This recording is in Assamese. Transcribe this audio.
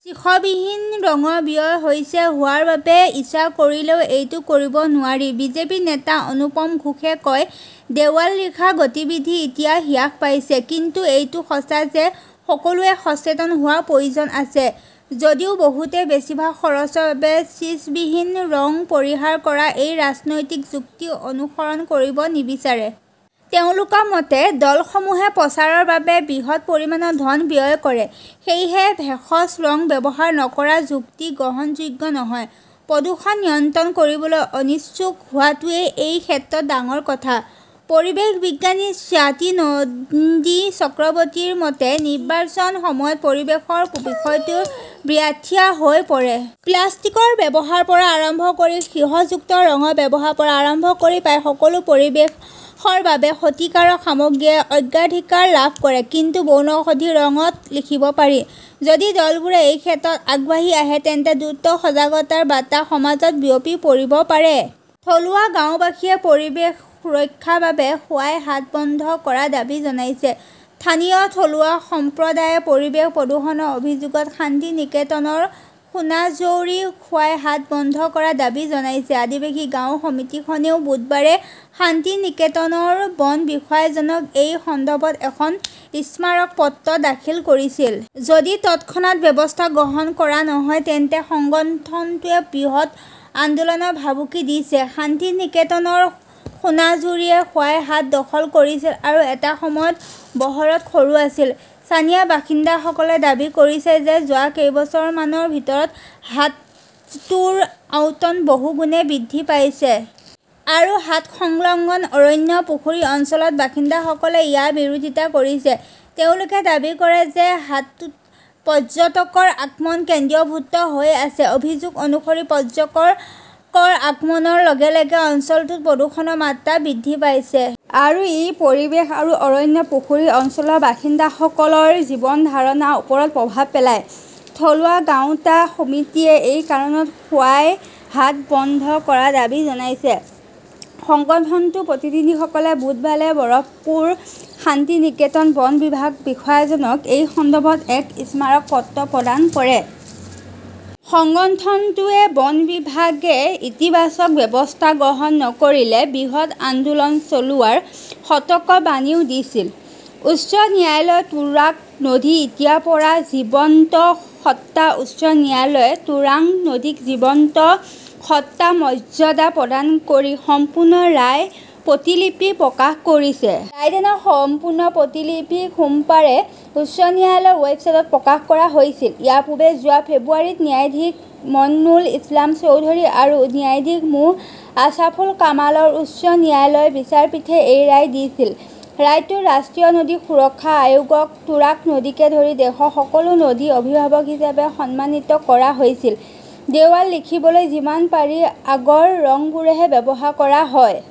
চিসবিহীন ৰঙৰ ব্যয় বেছি হোৱাৰ বাবে ইচ্ছা কৰিলেও এইটো কৰিব নোৱাৰি। বিজেপি নেতা অনুপম ঘোষে কয়, দেৱাল লিখাৰ গতিবিধি এতিয়া হ্ৰাস পাইছে। কিন্তু এইটো সঁচা যে সকলোৱে সচেতন হোৱাৰ প্ৰয়োজন আছে। যদিও বহুতে বেছিভাগ খৰচৰ বাবে ছিচবিহীন ৰং পৰিহাৰ কৰাৰ এই ৰাজনৈতিক যুক্তি অনুসৰণ কৰিব নিবিচাৰে। তেওঁলোকৰ মতে, দলসমূহে প্ৰচাৰৰ বাবে বৃহৎ পৰিমাণৰ ধন ব্যয় কৰে। সেয়েহে, ভেষজ ৰং ব্যৱহাৰ নকৰাৰ যুক্তি গ্ৰহণযোগ্য নহয়। প্ৰদূষণ নিয়ন্ত্ৰণ কৰিবলৈ অনিচ্ছুক হোৱাটোৱেই এই ক্ষেত্ৰত ডাঙৰ কথা। পৰিৱেশ বিজ্ঞানী স্বাতী নন্দী চক্ৰৱৰ্তীৰ মতে, নিৰ্বাচনৰ সময়ত পৰিৱেশৰ বিষয়টো ব্ৰাথিয়া হৈ পৰে। প্লাষ্টিকৰ ব্যৱহাৰৰ পৰা আৰম্ভ কৰি সীহযুক্ত ৰঙৰ ব্যৱহাৰৰ পৰা আৰম্ভ কৰি প্ৰায় সকলো পৰিৱেশৰ বাবে ক্ষতিকাৰক সামগ্ৰীয়ে অগ্ৰাধিকাৰ লাভ কৰে। কিন্তু বনৌষধিৰ ৰঙত লিখিব পাৰি। যদি দলবোৰে এই ক্ষেত্ৰত আগবাঢ়ি আহে তেন্তে দ্ৰুত সজাগতাৰ বাৰ্তা সমাজত বিয়পি পৰিব পাৰে। থলুৱা গাওঁবাসীয়ে পৰিৱেশ ৰক্ষাৰ বাবে খোৱাই হাট বন্ধ কৰাৰ দাবী জনাইছে স্থানীয় থলুৱা সম্প্ৰদায়ে পৰিৱেশ প্ৰদূষণৰ অভিযোগত শান্তিনিকেতনৰ সোনাঝৌৰী খোৱাই হাট বন্ধ কৰাৰ দাবী জনাইছে। আদিবাসী গাঁও সমিতিখনেও বুধবাৰে শান্তিনিকেতনৰ বন বিষয়াজনক এই সন্দৰ্ভত এখন স্মাৰক পত্ৰ দাখিল কৰিছিল। যদি তৎক্ষণাত ব্যৱস্থা গ্ৰহণ কৰা নহয় তেন্তে সংগঠনটোৱে বৃহৎ আন্দোলনৰ ভাবুকি দিছে। শান্তিনিকেতনৰ সোনাঝুৰীয়ে খোৱাই হাট দখল কৰিছিল আৰু এটা সময়ত বহৰত সৰু আছিল। স্থানীয় বাসিন্দাসকলে দাবী কৰিছে যে যোৱা কেইবছৰমানৰ ভিতৰত হাটটোৰ আয়তন বহুগুণে বৃদ্ধি পাইছে। আৰু হাট সংলগ্ন অৰণ্যৰ পুখুৰী অঞ্চলৰ বাসিন্দাসকলে ইয়াৰ বিৰোধিতা কৰিছে। তেওঁলোকে দাবী কৰে যে এই হাটটোত পৰ্যটকৰ আগমন কেন্দ্ৰীভূত হৈ আছে। অভিযোগ অনুসৰি পৰ্যটকৰ আগমনৰ লগে - লগে অঞ্চলটোত প্ৰদূষণৰ মাত্ৰা বৃদ্ধি পাইছে। আৰু ই পৰিৱেশ আৰু অৰণ্যৰ পুখুৰী অঞ্চলৰ বাসিন্দাসকলৰ জীৱন ধাৰণৰ ওপৰত প্ৰভাৱ পেলায়। থলুৱা গাঁওতা সমিতিয়ে এই কাৰণত খোৱাই হাট বন্ধ কৰাৰ দাবী জনাইছে। সংগঠনটোৰ প্ৰতিনিধিসকলে বুধবাৰে বল্লভপুৰ শান্তিনিকেতন বন বিভাগৰ বিষয়াজনক এই সন্দৰ্ভত এক স্মাৰক পত্ৰ প্ৰদান কৰে। সংগঠনটোৱে বন বিভাগে ইতিবাচক ব্যৱস্থা গ্ৰহণ নকৰিলে বৃহৎ আন্দোলন চলোৱাৰ সতৰ্কবাণীও দিছিল। উচ্চ ন্যায়ালয় তুৰাগ নদী এতিয়াৰ পৰা জীৱন্ত সত্তা উচ্চ ন্যায়ালয়ে তুৰাগ নদীক জীৱন্ত সত্তাৰ মৰ্যাদা প্ৰদান কৰি সম্পূৰ্ণ ৰায়ৰ প্ৰতিলিপি প্ৰকাশ কৰিছে। ৰায়দানৰ সম্পূৰ্ণ প্ৰতিলিপি সোমবাৰে উচ্চ ন্যায়ালয়ৰ ৱেবছাইটত প্ৰকাশ কৰা হৈছিল। ইয়াৰ পূৰ্বে যোৱা ফেব্ৰুৱাৰীত ন্যায়াধীশ মঈনুল ইছলাম চৌধুৰী আৰু ন্যায়াধীশ মো. আশ্ৰাফুল কামালৰ উচ্চ ন্যায়ালয়ৰ বিচাৰপীঠে এই ৰায় দিছিল। ৰায়টোত ৰাষ্ট্ৰীয় নদী সুৰক্ষা আয়োগক তুৰাগ নদীকে ধৰি দেশৰ সকলো নদীৰ অভিভাৱক হিচাপে সন্মানিত কৰা হৈছিল। দেৱাল লিখিবলৈ যিমান পাৰি আগৰ ৰংবোৰহে ব্যৱহাৰ কৰা হয়।